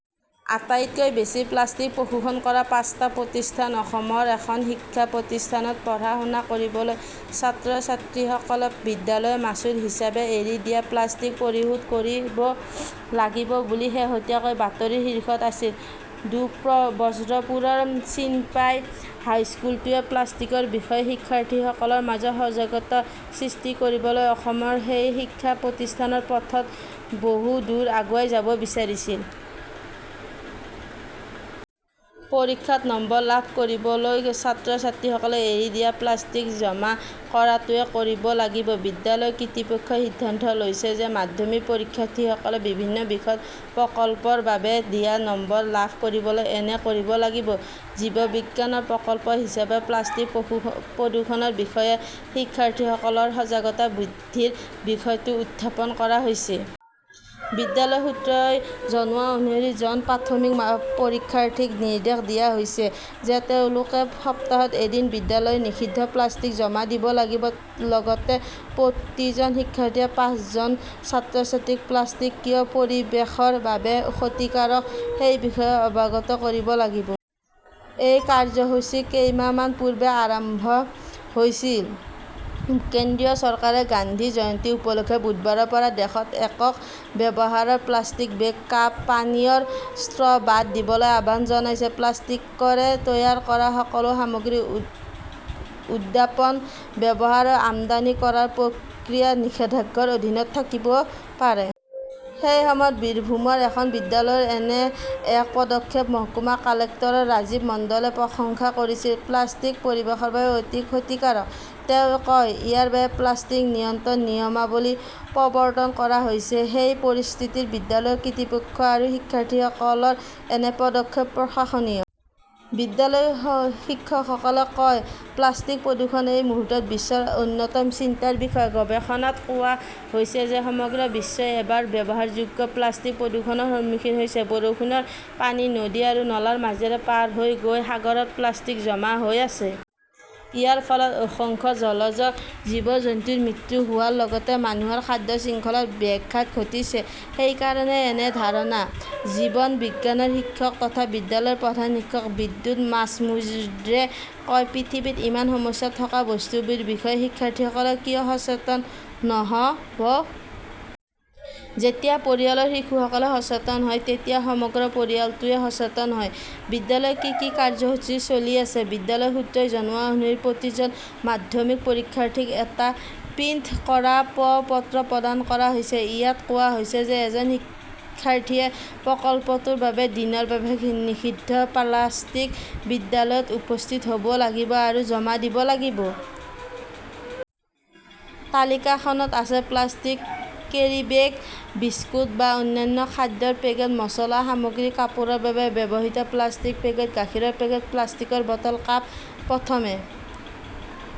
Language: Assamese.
আটাইতকৈ বেছি প্লাষ্টিক প্ৰদূষণ কৰা পাঁচটা প্ৰতিষ্ঠান অসমৰ এখন শিক্ষা প্ৰতিষ্ঠানত পঢ়া-শুনা কৰিবলৈ ছাত্ৰ-ছাত্ৰীসকলে বিদ্যালয়ৰ মাচুল হিচাপে এৰি দিয়া প্লাষ্টিক পৰিশোধ কৰিব লাগিব বুলি শেহতীয়াকৈ বাতৰিৰ শীৰ্ষত আছিল। দুব্ৰজপুৰৰ চিনপাই হাইস্কুলটোৱে প্লাষ্টিকৰ বিষয়ে শিক্ষাৰ্থীসকলৰ মাজত সজাগতা সৃষ্টি কৰিবলৈ অসমৰ সেই শিক্ষা প্ৰতিষ্ঠানৰ পথত বহু দূৰ আগুৱাই যাব বিচাৰিছে। পৰীক্ষাত নম্বৰ লাভ কৰিবলৈ ছাত্ৰ-ছাত্ৰীসকলে এৰি দিয়া প্লাষ্টিক জমা কৰাটোৱেই কৰিব লাগিব। বিদ্যালয় কৰ্তৃপক্ষই সিদ্ধান্ত লৈছে যে মাধ্যমিক পৰীক্ষাৰ্থীসকলে বিভিন্ন বিষয়ত 'প্ৰকল্প "ৰ বাবে দিয়া নম্বৰ লাভ কৰিবলৈ এনে কৰিব লাগিব। জীৱবিজ্ঞানৰ 'প্ৰকল্প "হিচাপে প্লাষ্টিক প্ৰদূষণৰ বিষয়ে শিক্ষাৰ্থীসকলৰ সজাগতা বৃদ্ধিৰ বিষয়টো উত্থাপন কৰা হৈছে। বিদ্যালয়ৰ সূত্ৰই জনোৱা অনুসৰি জন মাধ্যমিক পৰীক্ষাৰ্থীক নিৰ্দেশ দিয়া হৈছে যে তেওঁলোকে সপ্তাহত এদিন বিদ্যালয়লৈ নিষিদ্ধ প্লাষ্টিক জমা দিব লাগিব। লগতে প্ৰতিজন শিক্ষাৰ্থীয়ে পাঁচজন ছাত্ৰ-ছাত্ৰীক প্লাষ্টিক কিয় পৰিৱেশৰ বাবে ক্ষতিকাৰক সেই বিষয়ে অৱগত কৰিব লাগিব। এই কাৰ্যসূচী কেইমাহমান পূৰ্বে আৰম্ভ হৈছিল। কেন্দ্ৰীয় চৰকাৰে গান্ধী জয়ন্তী উপলক্ষে বুধবাৰৰ পৰা দেশত 'একক ব্যৱহাৰৰ "প্লাষ্টিকৰ বেগ, কাপ, পানীয়ৰ ষ্ট্ৰ" বাদ দিবলৈ আহ্বান জনাইছে। প্লাষ্টিকৰে তৈয়াৰ কৰা সকলো সামগ্ৰী উৎপাদন, ব্যৱহাৰ আৰু আমদানি কৰাৰ প্ৰক্ৰিয়া নিষেধাজ্ঞাৰ অধীনত থাকিব পাৰে। সেই সময়ত বীৰভূমৰ এখন বিদ্যালয়ৰ এনে এক পদক্ষেপক মহকুমা কালেক্টৰ ৰাজীৱ মণ্ডলে প্ৰশংসা কৰিছিল। "প্লাষ্টিক পৰিৱেশৰ বাবে অতি ক্ষতিকাৰক", তেওঁ কয়। ইয়াৰ বাবে প্লাষ্টিক নিয়ন্ত্ৰণ নিয়মাৱলী প্ৰৱৰ্তন কৰা হৈছে। সেই পৰিস্থিতিত বিদ্যালয়ৰ কৰ্তৃপক্ষ আৰু শিক্ষাৰ্থীসকলৰ এনে পদক্ষেপ প্ৰশংসনীয়। "বিদ্যালয়ৰ শিক্ষকসকলে কয়-'প্লাষ্টিক-প্ৰদূষণ এই মুহূৰ্তত বিশ্বৰ অন্যতম চিন্তাৰ বিষয়। গৱেষণাত কোৱা হৈছে যে সমগ্ৰ বিশ্বই এবাৰ ব্যৱহাৰযোগ্য প্লাষ্টিক প্ৰদূষণৰ সন্মুখীন হৈছে। বৰষুণৰ পানী নদী আৰু নলাৰ মাজেৰে পাৰ হৈ গৈ সাগৰত প্লাষ্টিক জমা হৈ আছে। ইয়াৰ ফলত অসংখ্য জলজ জীৱ-জন্তুৰ মৃত্যু হোৱাৰ লগতে মানুহৰ খাদ্য শৃংখলাত ব্যাঘাত ঘটিছে। সেইকাৰণেই এনে ধাৰণা। জীৱন বিজ্ঞানৰ শিক্ষক তথা বিদ্যালয়ৰ প্ৰধান শিক্ষক বিদ্যুৎ মাজমুদ্ৰে কয়, "পৃথিৱীত ইমান সমস্যা থকা বস্তুবোৰৰ বিষয়ে শিক্ষাৰ্থীসকলে কিয় সচেতন নহ 'ব! যেতিয়া পৰিয়ালৰ শিশুসকলে সচেতন হয় তেতিয়া সমগ্ৰ পৰিয়ালটোৱে সচেতন হয়। "বিদ্যালয়ত কি কি কাৰ্যসূচী চলি আছে? বিদ্যালয়ৰ সূত্ৰই জনোৱা অনুসৰি প্ৰতিজন মাধ্যমিক পৰীক্ষাৰ্থীক এটা প্ৰিণ্ট কৰা প্ৰ-পত্ৰ প্ৰদান কৰা হৈছে। ইয়াত কোৱা হৈছে যে এজন শিক্ষাৰ্থীয়ে প্ৰকল্পটোৰ বাবে দিনৰ বাবে নিষিদ্ধ প্লাষ্টিক বিদ্যালয়ত উপস্থিত হ 'ব লাগিব আৰু জমা দিব লাগিব। তালিকাখনত আছে প্লাষ্টিকৰ কেৰিব্যাগ, বিস্কুট বা অন্যান্য খাদ্যৰ পেকেট, মচলা সামগ্ৰী, কাপোৰৰ বাবে ব্যৱহৃত প্লাষ্টিকৰ পেকেট, গাখীৰৰ পেকেট, প্লাষ্টিকৰ বটল, কাপ। প্ৰথমে